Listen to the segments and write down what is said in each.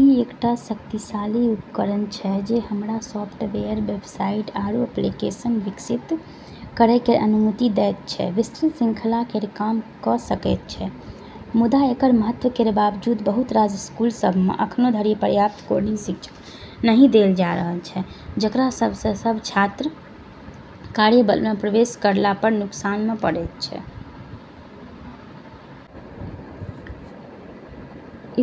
ई एकटा शक्तिशाली उपकरण छै जे हमरा सॉफ्टवेयर, वेबसाइट, आरू एप्लीकेशन विकसित करै केर अनुमति दैत छै जे विस्तृत श्रृंखला केर काम कऽ सकैत छै। मुदा एकर महत्व केर बावजूद बहुत रास स्कूल सभ मे अखनो धरि पर्याप्त कोडिंग शिक्षा नहि देल जा रहल छै, जेकरा सँ छात्र सभ केँ कार्यबल मे प्रवेश करला पर नुकसान मे पड़ैत छै।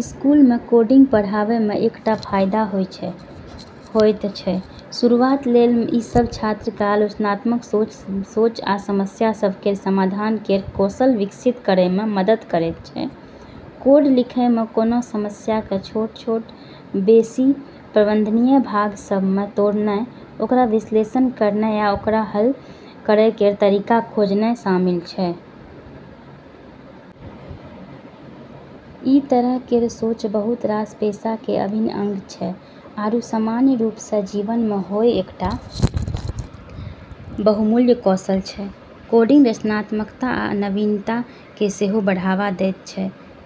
स्कूल मे कोडिंग पढ़ाबै सँ कईटा फायदा होइत अछि। शुरुआत लेल ई छात्र सभ केँ आलोचनात्मक सोच आ समस्या सभ केर समाधान केर कौशल विकसित करै मे मदद करैत छै। कोड लिखै मे कोनो समस्या केँ छोट-छोट, बेसी प्रबंधनीय भाग सभ मे तोड़नाय, ओकर विश्लेषण करनाय आ ओकरा हल करै केर तरीका खोजनाय शामिल छै। ई तरह केर सोच बहुत रास पेशा केर अभिन्न अंग छै आरू सामान्य रूप सँ जीवन मे होनाय एकटा बहुमूल्य कौशल छै। कोडिंग रचनात्मकता आ नवीनता केँ सेहो बढ़ावा दैत छै।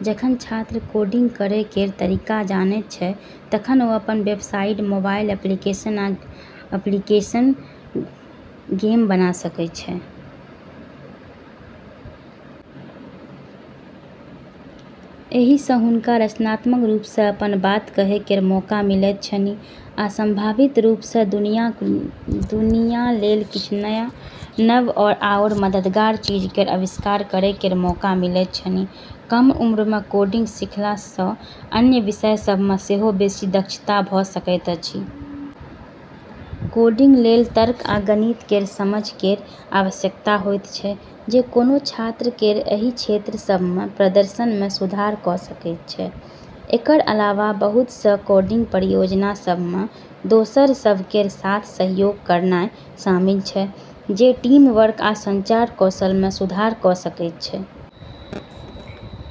जखन छात्र कोडिंग करै केर तरीका जानैत छैथ तखन ओ अपन वेबसाइट, मोबाइल एप्लीकेशन, आ गेम बना सकैत छैथ। एहि सँ हुनका रचनात्मक रूप सँ अपन बात कहै केर मौका मिलैत छन्हि आ संभावित रूप सँ दुनिया लेल किछ नव आओर मददगार चीज केर आविष्कार करै केर मौका मिलैत छन्हि। कम उम्र मे कोडिंग सीखला सँ अन्य विषय सभ मे सेहो बेसी दक्षता भऽ सकैत अछि। कोडिंग लेल तर्क आ गणित केर समझ केर आवश्यकता होइत छै, जे कोनो छात्र केर एहि क्षेत्र सभ मे प्रदर्शन मे सुधार कऽ सकैत छै। एकर अलावा, बहुत सँ कोडिंग परियोजना सभ मे दोसर सभ केर साथ सहयोग करनाय शामिल छै, जे टीमवर्क आ संचार कौशल मे सुधार कऽ सकैत छै।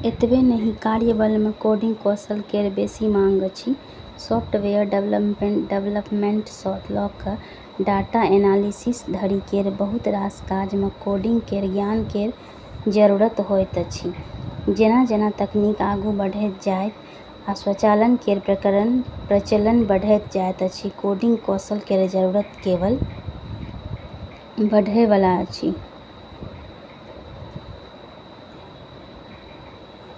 एतबे नहि, कार्यबल मे कोडिंग कौशल केर बेसी माँग अछि। सॉफ्टवेयर डेवलपमेंट सँ लऽ कऽ डाटा एनालिसिस धरि केर बहुत रास काज मे कोडिंग केर ज्ञान केर जरूरत होइत अछि। जेना-जेना तकनीक आगू बढ़ैत जायत आ स्वचालन केर प्रचलन बढ़ैत जायत अछि, कोडिंग कौशल केर जरूरत केवल बढ़ै वाला अछि।